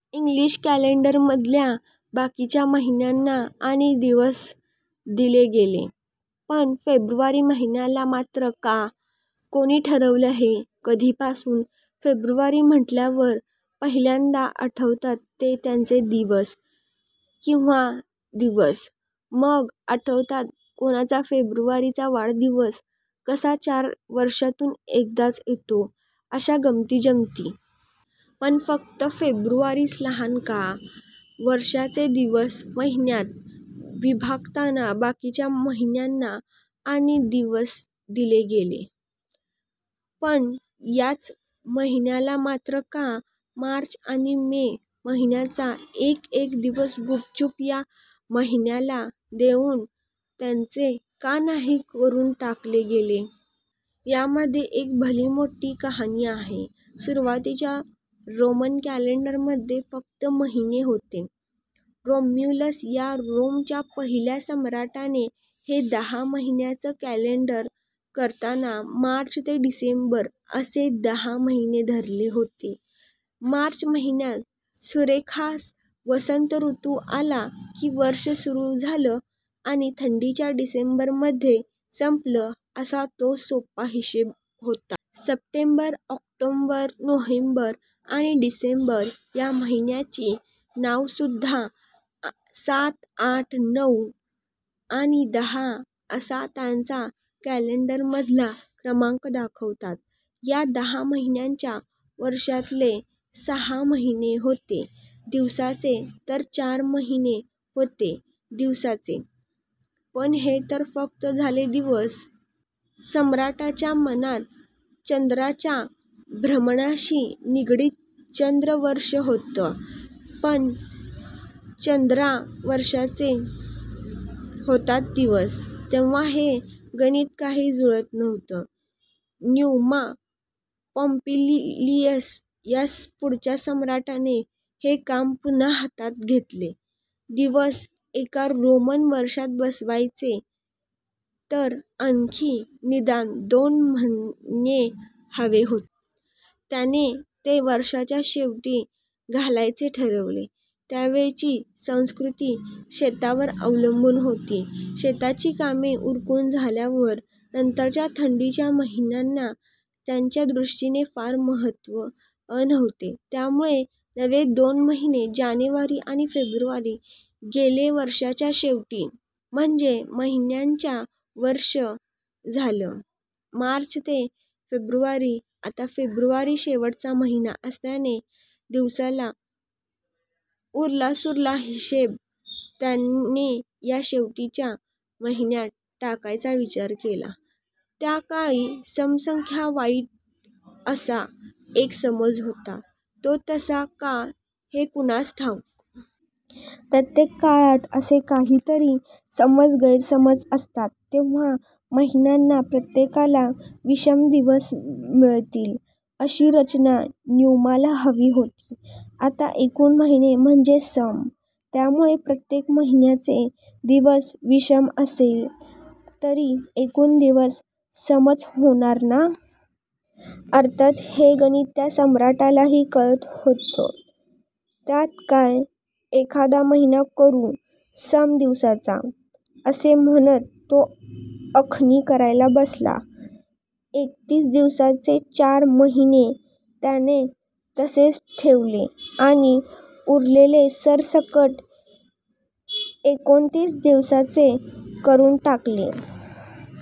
English कॅलेंडरमधल्या बाकीच्या महिन्यांना आणि दिवस दिले गेले, पण फेब्रुवारी महिन्याला मात्र का? कोणी ठरवलं हे? कधीपासून? फेब्रुवारी म्हटल्यावर पहिल्यांदा आठवतात ते त्याचे दिवस किंवा दिवस. मग आठवतात कोणाचा फेब्रुवारीचा वाढदिवस कसा चार वर्षांतून एकदाच येतो, अशा गमतीजमती. पण फक्त फेब्रुवारीच लहान का? वर्षाचे दिवस महिन्यात विभागताना बाकीच्या महिन्यांना आणि दिवस दिले गेले, पण याच महिन्याला मात्र का? मार्च आणि मे महिन्यांचा एक एक दिवस गुपचुप या महिन्याला देऊन त्याचे का नाही करून टाकले गेले? यामागे एक भली मोठ्ठी कहाणी आहे. सुरुवातीच्या रोमन कॅलेंडरमध्ये फक्त महिने होते. रोम्युलस या रोमच्या पहिल्या सम्राटाने हे दहा महिन्यांचं कॅलेंडर करताना मार्च ते डिसेंबर असे दहा महिने धरले होते. मार्च महिन्यात सुरेखसा वसंत ऋतू आला की वर्ष सुरू झालं आणि थंडीच्या डिसेंबरमध्ये संपलं, असा तो सोपा हिशेब होता. सप्टेंबर, ऑक्टोबर, नोव्हेंबर, आणि डिसेंबर ह्या महिन्यांची नावंसुद्धा सात, आठ, नऊ, आणि दहा असा त्यांचा कॅलेंडरमधला क्रमांक दाखवतात. या दहा महिन्यांच्या वर्षातले सहा महिने होते दिवसांचे तर चार महिने होते दिवसांचे. पण हे तर फक्त झाले दिवस. सम्राटाच्या मनात चंद्राच्या भ्रमणाशी निगडित चांद्र वर्षं होतं. पण चांद्र वर्षाचे होतात दिवस. तेव्हा हे गणित काही जुळत नव्हतं. न्यूमा पॉम्पीलियस या पुढच्या सम्राटाने हे काम पुन्हा हातात घेतलं. दिवस एका रोमन वर्षात बसवायचे तर आणखी निदान दोन महिने हवे होते. त्याने ते वर्षाच्या शेवटी घालायचे ठरवलं. त्यावेळची संस्कृती शेतीवर अवलंबून होती. शेतीची कामं उरकून झाल्यावर नंतरच्या थंडीच्या महिन्यांना त्यांच्या दृष्टीने फार महत्त्व नव्हतं. त्यामुळे नवे दोन महिने जानेवारी आणि फेब्रुवारी गेले वर्षाच्या शेवटी. म्हणजे महिन्यांचं वर्ष झालं मार्च ते फेब्रुवारी. आता फेब्रुवारी शेवटचा महिना असल्याने दिवसांचा उरलासुरला हिशेब त्याने या शेवटच्या महिन्यात टाकायचा विचार केला. त्या काळी सम संख्या वाईट असा एक समज होता. तो तसा का, हे कुणास ठाऊक. प्रत्येक काळात असे काहीतरी समज-गैरसमज असतात. तेव्हा महिन्यांना प्रत्येकाला विषम दिवस मिळतील, अशी रचना न्यूमाला हवी होती. आता एकूण महिने म्हणजे सम. त्यामुळे प्रत्येक महिन्याचे दिवस विषम असले तरी एकूण दिवस समच होणार ना? अर्थात, हे गणित त्या सम्राटालाही कळत होतं. त्यात काय, एखादा महिना करू सम दिवसाचा, असं म्हणत तो आखणी करायला बसला. एकतीस दिवसांचे चार महिने त्याने तसेच ठेवले आणि उरलेले सरसकट एकोणतीस दिवसांचे करून टाकले.